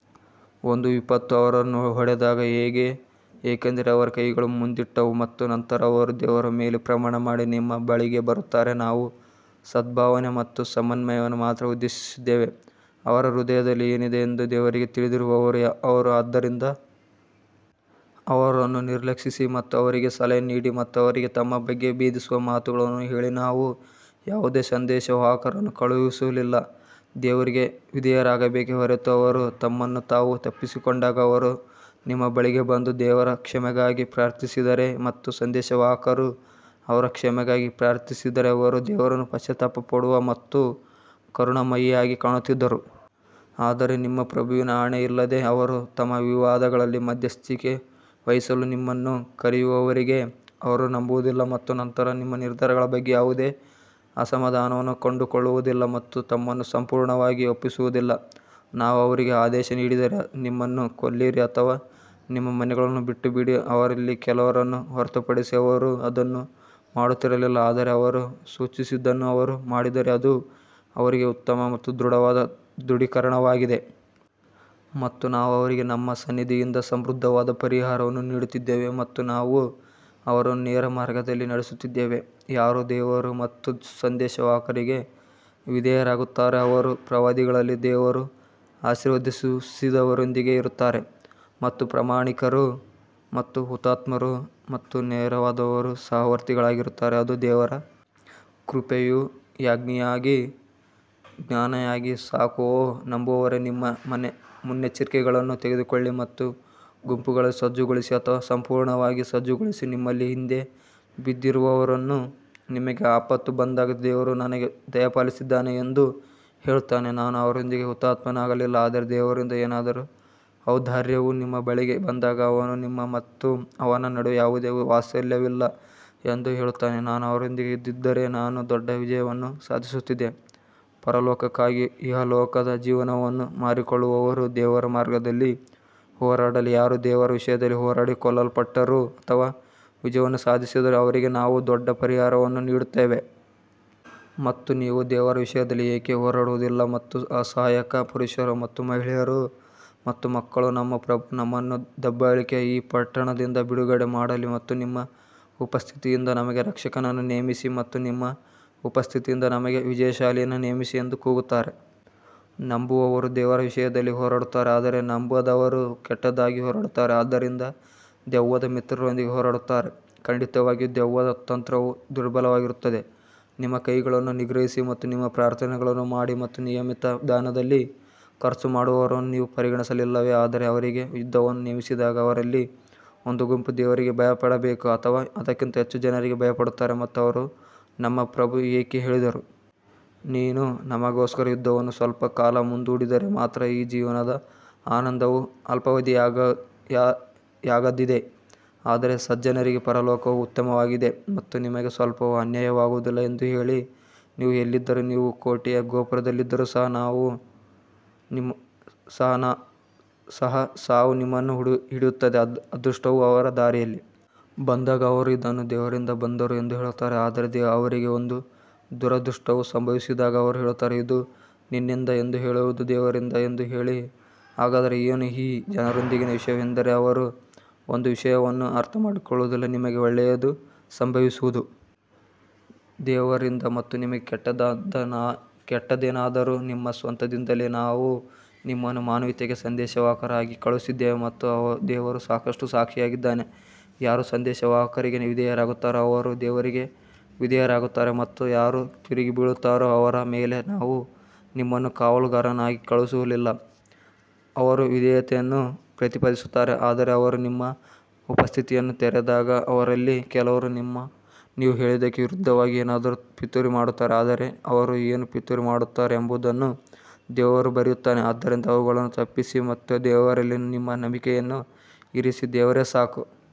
ಒಂದು ವಿಪತ್ತು ಅವರನ್ನು ಹೊಡೆದಾಗ ಹೇಗೆ, ಏಕೆಂದರೆ ಅವರ ಕೈಗಳು ಮುಂದಿಟ್ಟವು ಮತ್ತು ನಂತರ ಅವರು ದೇವರ ಮೇಲೆ ಪ್ರಮಾಣ ಮಾಡಿ ನಿಮ್ಮ ಬಳಿಗೆ ಬರುತ್ತಾರೆ ನಾವು ಸದ್ಭಾವನೆ ಮತ್ತು ಸಮನ್ವಯವನ್ನು ಮಾತ್ರ ಉದ್ದೇಶಿಸಿದ್ದೇವೆ ಅವರ ಹೃದಯದಲ್ಲಿ ಏನಿದೆ ಎಂದು ದೇವರಿಗೆ ತಿಳಿದಿರುವವರು ಅವರು ಆದ್ದರಿಂದ ಅವರನ್ನು ನಿರ್ಲಕ್ಷಿಸಿ ಮತ್ತು ಅವರಿಗೆ ಸಲಹೆ ನೀಡಿ ಮತ್ತು ಅವರಿಗೆ ತಮ್ಮ ಬಗ್ಗೆ ಭೇದಿಸುವ ಮಾತುಗಳನ್ನು ಹೇಳಿ ನಾವು ಯಾವುದೇ ಸಂದೇಶವಾಹಕರನ್ನು ಕಳುಹಿಸಲಿಲ್ಲ, ದೇವರಿಗೆ ವಿಧೇಯರಾಗಬೇಕೆ ಹೊರತು ಅವರು ತಮ್ಮನ್ನು ತಾವು ತಪ್ಪಿಸಿಕೊಂಡಾಗ ಅವರು ನಿಮ್ಮ ಬಳಿಗೆ ಬಂದು ದೇವರ ಕ್ಷಮೆಗಾಗಿ ಪ್ರಾರ್ಥಿಸಿದ್ದರೆ ಮತ್ತು ಸಂದೇಶವಾಹಕರು ಅವರ ಕ್ಷಮೆಗಾಗಿ ಪ್ರಾರ್ಥಿಸಿದ್ದರೆ ಅವರು ದೇವರನ್ನು ಪಶ್ಚಾತ್ತಾಪ ಪಡುವ ಮತ್ತು ಕರುಣಾಮಯಿಯಾಗಿ ಕಾಣುತ್ತಿದ್ದರು. ಆದರೆ ನಿಮ್ಮ ಪ್ರಭುವಿನ ಆಣೆಯಿಲ್ಲದೆ ಅವರು ತಮ್ಮ ವಿವಾದಗಳಲ್ಲಿ ಮಧ್ಯಸ್ಥಿಕೆ ವಹಿಸಲು ನಿಮ್ಮನ್ನು ಕರೆಯುವವರೆಗೂ ಅವರು ನಂಬುವುದಿಲ್ಲ ಮತ್ತು ನಂತರ ನಿಮ್ಮ ನಿರ್ಧಾರಗಳ ಬಗ್ಗೆ ಯಾವುದೇ ಅಸಮಾಧಾನವನ್ನು ಕಂಡುಕೊಳ್ಳುವುದಿಲ್ಲ ಮತ್ತು ತಮ್ಮನ್ನು ಸಂಪೂರ್ಣವಾಗಿ ಒಪ್ಪಿಸುವುದಿಲ್ಲ. ನಾವು ಅವರಿಗೆ ಆದೇಶ ನೀಡಿದ್ದರೆ, ನಿಮ್ಮನ್ನು ಕೊಲ್ಲಿರಿ ಅಥವಾ ನಿಮ್ಮ ಮನೆಗಳನ್ನು ಬಿಟ್ಟುಬಿಡಿ, ಅವರಲ್ಲಿ ಕೆಲವರನ್ನು ಹೊರತುಪಡಿಸಿ ಅವರು ಅದನ್ನು ಮಾಡುತ್ತಿರಲಿಲ್ಲ ಆದರೆ ಅವರು ಸೂಚಿಸಿದ್ದನ್ನು ಅವರು ಮಾಡಿದ್ದರೆ ಅದು ಅವರಿಗೆ ಉತ್ತಮ ಮತ್ತು ದೃಢವಾದ ದೃಢೀಕರಣವಾಗಿದೆ. ಮತ್ತು ನಾವು ಅವರಿಗೆ ನಮ್ಮ ಸನ್ನಿಧಿಯಿಂದ ಸಮೃದ್ಧವಾದ ಪರಿಹಾರವನ್ನು ನೀಡುತ್ತಿದ್ದೆವು ಮತ್ತು ನಾವು ಅವರನ್ನು ನೇರ ಮಾರ್ಗದಲ್ಲಿ ನಡೆಸುತ್ತಿದ್ದೆವು ಯಾರು ದೇವರು ಮತ್ತು ಸಂದೇಶವಾಹಕರಿಗೆ ವಿಧೇಯರಾಗುತ್ತಾರೋ ಅವರು ಪ್ರವಾದಿಗಳಲ್ಲಿ ದೇವರು ಆಶೀರ್ವದಿಸಿದವರೊಂದಿಗೆ ಇರುತ್ತಾರೆ ಮತ್ತು ಪ್ರಾಮಾಣಿಕರು ಮತ್ತು ಹುತಾತ್ಮರು ಮತ್ತು ನೇರವಾದವರು ಸಹವರ್ತಿಗಳಾಗಿರುತ್ತಾರೆ. ಅದು ದೇವರ ಕೃಪೆಯು ಜ್ಞಾನಿಯಾಗಿ ಸಾಕು ಓ ನಂಬುವವರೇ ನಿಮ್ಮ ಮುನ್ನೆಚ್ಚರಿಕೆಗಳನ್ನು ತೆಗೆದುಕೊಳ್ಳಿ ಮತ್ತು ಗುಂಪುಗಳಲ್ಲಿ ಸಜ್ಜುಗೊಳಿಸಿ ಅಥವಾ ಸಂಪೂರ್ಣವಾಗಿ ಸಜ್ಜುಗೊಳಿಸಿ ನಿಮ್ಮಲ್ಲಿ ಹಿಂದೆ ಬಿದ್ದಿರುವವನು ನಿಮಗೆ ಆಪತ್ತು ಬಂದಾಗ ದೇವರು ನನಗೆ ದಯಪಾಲಿಸಿದ್ದಾನೆ ಎಂದು ಹೇಳುತ್ತಾನೆ ನಾನು ಅವರೊಂದಿಗೆ ಹುತಾತ್ಮನಾಗಲಿಲ್ಲ ಆದರೆ ದೇವರಿಂದ ಏನಾದರೂ ಔದಾರ್ಯವು ನಿಮ್ಮ ಬಳಿಗೆ ಬಂದಾಗ ಅವನು ನಿಮ್ಮ ಮತ್ತು ಅವನ ನಡುವೆ ಯಾವುದೇ ವಾತ್ಸಲ್ಯವಿಲ್ಲ ಎಂದು ಹೇಳುತ್ತಾನೆ, ನಾನು ಅವರೊಂದಿಗೆ ಇದ್ದಿದ್ದರೆ ನಾನು ದೊಡ್ಡ ವಿಜಯವನ್ನು ಸಾಧಿಸುತ್ತಿದ್ದೆ ಪರಲೋಕಕ್ಕಾಗಿ ಇಹಲೋಕದ ಜೀವನವನ್ನು ಮಾರಿಕೊಳ್ಳುವವರು ದೇವರ ಮಾರ್ಗದಲ್ಲಿ ಹೋರಾಡಲಿ, ಯಾರು ದೇವರ ವಿಷಯದಲ್ಲಿ ಹೋರಾಡಿ ಕೊಲ್ಲಲ್ಪಟ್ಟರೂ ಅಥವಾ ವಿಜಯವನ್ನು ಸಾಧಿಸಿದರೂ ಅವರಿಗೆ ನಾವು ದೊಡ್ಡ ಪರಿಹಾರವನ್ನು ನೀಡುತ್ತೇವೆ. ಮತ್ತು ನೀವು ದೇವರ ವಿಷಯದಲ್ಲಿ ಏಕೆ ಹೋರಾಡುವುದಿಲ್ಲ ಮತ್ತು ಅಸಹಾಯಕ ಪುರುಷರು ಮತ್ತು ಮಹಿಳೆಯರು ಮತ್ತು ಮಕ್ಕಳು ನಮ್ಮ ಪ್ರಭು ನಮ್ಮನ್ನು ದಬ್ಬಾಳಿಕೆಯ ಈ ಪಟ್ಟಣದಿಂದ ಬಿಡುಗಡೆ ಮಾಡಲಿ ಮತ್ತು ನಿಮ್ಮ ಉಪಸ್ಥಿತಿಯಿಂದ ನಮಗೆ ರಕ್ಷಕನನ್ನು ನೇಮಿಸಿ ಮತ್ತು ನಿಮ್ಮ ಉಪಸ್ಥಿತಿಯಿಂದ ನಮಗೆ ವಿಜಯಶಾಲಿಯನ್ನು ನೇಮಿಸಿ ಎಂದು ಕೂಗುತ್ತಾರೆ. ನಂಬುವವರು ದೇವರ ವಿಷಯದಲ್ಲಿ ಹೋರಾಡುತ್ತಾರೆ ಆದರೆ ನಂಬದವರು ಕೆಟ್ಟದ್ದಕ್ಕಾಗಿ ಹೋರಾಡುತ್ತಾರೆ ಆದ್ದರಿಂದ ದೆವ್ವದ ಮಿತ್ರರೊಂದಿಗೆ ಹೋರಾಡುತ್ತಾರೆ, ಖಂಡಿತವಾಗಿಯೂ ದೆವ್ವದ ತಂತ್ರವು ದುರ್ಬಲವಾಗಿರುತ್ತದೆ ನಿಮ್ಮ ಕೈಗಳನ್ನು ನಿಗ್ರಹಿಸಿ ಮತ್ತು ನಿಮ್ಮ ಪ್ರಾರ್ಥನೆಗಳನ್ನು ಮಾಡಿ ಮತ್ತು ನಿಯಮಿತ ದಾನದಲ್ಲಿ ಖರ್ಚು ಮಾಡುವವರನ್ನು ನೀವು ಪರಿಗಣಿಸಲಿಲ್ಲವೇ ಆದರೆ ಅವರಿಗೆ ಯುದ್ಧವನ್ನು ನೇಮಿಸಿದಾಗ ಅವರಲ್ಲಿ ಒಂದು ಗುಂಪು ದೇವರಿಗೆ ಭಯಪಡಬೇಕು ಅಥವಾ ಅದಕ್ಕಿಂತ ಹೆಚ್ಚು ಜನರಿಗೆ ಭಯಪಡುತ್ತಾರೆ ಮತ್ತು ಅವರು ನಮ್ಮ ಪ್ರಭು ಏಕೆ ಹೇಳಿದರು? ನೀನು ನಮಗೋಸ್ಕರ ಯುದ್ಧವನ್ನು ಸ್ವಲ್ಪ ಕಾಲ ಮುಂದೂಡಿದರೆ ಮಾತ್ರ ಈ ಜೀವನದ ಆನಂದವು ಅಲ್ಪಾವಧಿಯದ್ದಾಗಿದೆ ಆದರೆ ಸಜ್ಜನರಿಗೆ ಪರಲೋಕವು ಉತ್ತಮವಾಗಿದೆ ಮತ್ತು ನಿಮಗೆ ಸ್ವಲ್ಪವೂ ಅನ್ಯಾಯವಾಗುವುದಿಲ್ಲ ಎಂದು ಹೇಳಿ ನೀವು ಎಲ್ಲಿದ್ದರೂ, ನೀವು ಕೋಟೆಯ ಗೋಪುರದಲ್ಲಿದ್ದರೂ ಸಹ ಸಾವು ನಿಮ್ಮನ್ನು ಹಿಡಿಯುತ್ತದೆ, ಅದೃಷ್ಟವು ಅವರ ದಾರಿಯಲ್ಲಿ ಬಂದಾಗ ಅವರು ಇದನ್ನು ದೇವರಿಂದ ಬಂದರು ಎಂದು ಹೇಳುತ್ತಾರೆ ಆದರೆ ಅವರಿಗೆ ಒಂದು ದುರದೃಷ್ಟವು ಸಂಭವಿಸಿದಾಗ ಅವರು ಹೇಳುತ್ತಾರೆ ಇದು ನಿನ್ನಿಂದ ಎಂದು ಹೇಳುವುದು ದೇವರಿಂದ ಎಂದು ಹೇಳಿ ಹಾಗಾದರೆ ಏನು ಈ ಜನರೊಂದಿಗಿನ ವಿಷಯವೆಂದರೆ ಅವರು ಒಂದು ವಿಷಯವನ್ನು ಅರ್ಥಮಾಡಿಕೊಳ್ಳುವುದಿಲ್ಲ ನಿಮಗೆ ಒಳ್ಳೆಯದು ಸಂಭವಿಸುವುದು ದೇವರಿಂದ ಮತ್ತು ನಿಮಗೆ ಕೆಟ್ಟದ್ದೇನಾದರೂ ನಿಮ್ಮ ಸ್ವಂತದಿಂದಲೇ ನಾವು ನಿಮ್ಮನ್ನು ಮಾನವೀಯತೆಗೆ ಸಂದೇಶವಾಹಕರಾಗಿ ಕಳುಹಿಸಿದ್ದೇವೆ ಮತ್ತು ದೇವರು ಸಾಕಷ್ಟು ಸಾಕ್ಷಿಯಾಗಿದ್ದಾನೆ ಯಾರು ಸಂದೇಶವಾಹಕರಿಗೆ ವಿಧೇಯರಾಗುತ್ತಾರೋ ಅವರು ದೇವರಿಗೆ ವಿಧೇಯರಾಗುತ್ತಾರೆ ಮತ್ತು ಯಾರು ತಿರುಗಿ ಬೀಳುತ್ತಾರೋ ಅವರ ಮೇಲೆ ನಾವು ನಿಮ್ಮನ್ನು ಕಾವಲುಗಾರನಾಗಿ ಕಳುಹಿಸಲಿಲ್ಲ ಅವರು ವಿಧೇಯತೆಯನ್ನು ಪ್ರತಿಪಾದಿಸುತ್ತಾರೆ ಆದರೆ ಅವರು ನಿಮ್ಮ ಉಪಸ್ಥಿತಿಯನ್ನು ತೊರೆದಾಗ ಅವರಲ್ಲಿ ಕೆಲವರು ನೀವು ಹೇಳಿದ್ದಕ್ಕೆ ವಿರುದ್ಧವಾಗಿ ಏನಾದರೂ ಪಿತೂರಿ ಮಾಡುತ್ತಾರೆ ಆದರೆ ಅವರು ಏನು ಪಿತೂರಿ ಮಾಡುತ್ತಾರೆ ಎಂಬುದನ್ನು ದೇವರು ಬರೆಯುತ್ತಾನೆ ಆದ್ದರಿಂದ ಅವುಗಳನ್ನು ತಪ್ಪಿಸಿ ಮತ್ತು ದೇವರಲ್ಲಿ ನಿಮ್ಮ ನಂಬಿಕೆಯನ್ನು ಇರಿಸಿ ದೇವರೇ ಸಾಕು.